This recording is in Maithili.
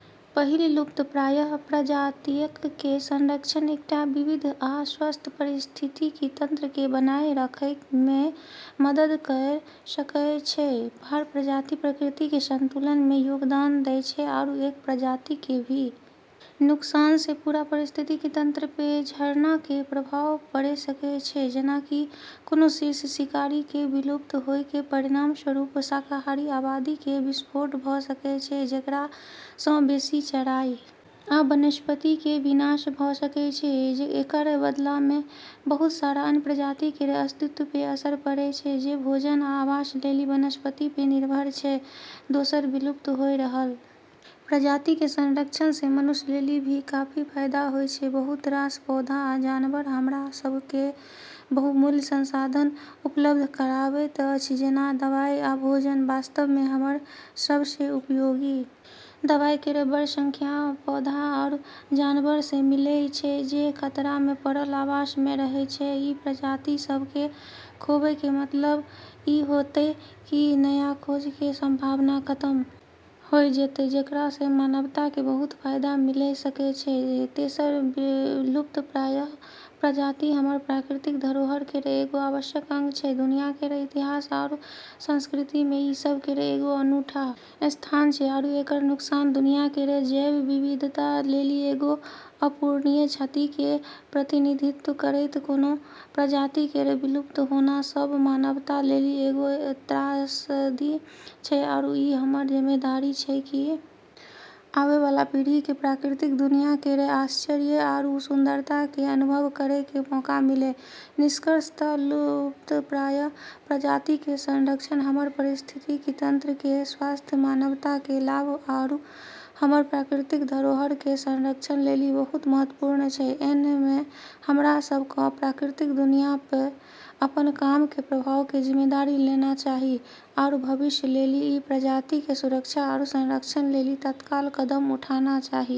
पहिल लुप्तप्राय प्रजातियक कें संरक्षण एकटा विविध आ स्वस्थ पारिस्थितिकी तंत्र कें बनाए रखय मे मदद कयर सकय छै, हर प्रजाति प्रकृति के संतुलन में योगदान दै छै आरू एक प्रजाति के भी नुकसान से पूरा पारिस्थितिकी तंत्र पे झरना के प्रभाव पड़े सकै छै जेना कि कोनों शीर्ष शिकारी कें विलुप्त होय कें परिणामस्वरूप शाकाहारी आबादी कें विस्फोट भ सकय छै जेकरा सं बेसि चराई आ वनस्पति कें विनाश भ सकय छै, एकरऽ बदला मे बहुत सारा अन्य प्रजाति केरऽ अस्तित्व पे असर पड़ै छै जे भोजन या आवास लेली वनस्पति पे निर्भर छै, दोसर विलुप्त होय रहलऽ प्रजाति के संरक्षण से मनुष्य लेली भी काफी फायदा होय छै, बहुत रास पौधा आ जानवर हमरा सब के बहुमूल्य संसाधन उपलब्ध कराबैत अछि जेना दवाई आ भोजन, वास्तव मे हमरऽ सबसें उपयोगी दवाई केरऽ बड़ऽ संख्या पौधा आरू जानवरऽ से मिलै छै जे खतरा मे पड़लऽ आवास मे रहय छै, ई प्रजाति सब के खोबै के मतलब ई होतै कि नया खोज के संभावना खतम होय जैतै जेकरा से मानवता के बहुत फायदा मिले सकै छै, तेसर लुप्तप्राय प्रजाति हमरऽ प्राकृतिक धरोहर केरऽ एगो आवश्यक अंग छै, दुनिया केरऽ इतिहास आरू संस्कृति मे ई सब केरऽ एगो अनूठा स्थान छै आरू एकरऽ नुकसान दुनिया केरऽ जैव विविधता लेली एगो अपूरणीय क्षति के प्रतिनिधित्व करतै, कोनो प्रजाति केरऽ विलुप्त होना सब मानवता लेली एगो त्रासदी छै आरू ई हमरऽ जिम्मेदारी छै कि आबै वाला पीढ़ी के प्राकृतिक दुनिया केरऽ आश्चर्य आरू सुंदरता के अनुभव करै के मौका मिलय, निष्कर्षतः, लुप्तप्राय प्रजाति के संरक्षण हमरऽ पारिस्थितिकी तंत्र के स्वास्थ्य, मानवता के लाभ आरू हमरऽ प्राकृतिक धरोहर के संरक्षण लेली बहुत महत्वपूर्ण छै, ऐन्हऽ मे हमरा सब कं प्राकृतिक दुनिया पे अपनऽ काम के प्रभाव के जिम्मेदारी लेना चाहि आरू भविष्य लेली ई प्रजाति के सुरक्षा आरू संरक्षण लेली तत्काल कदम उठाना चाहि।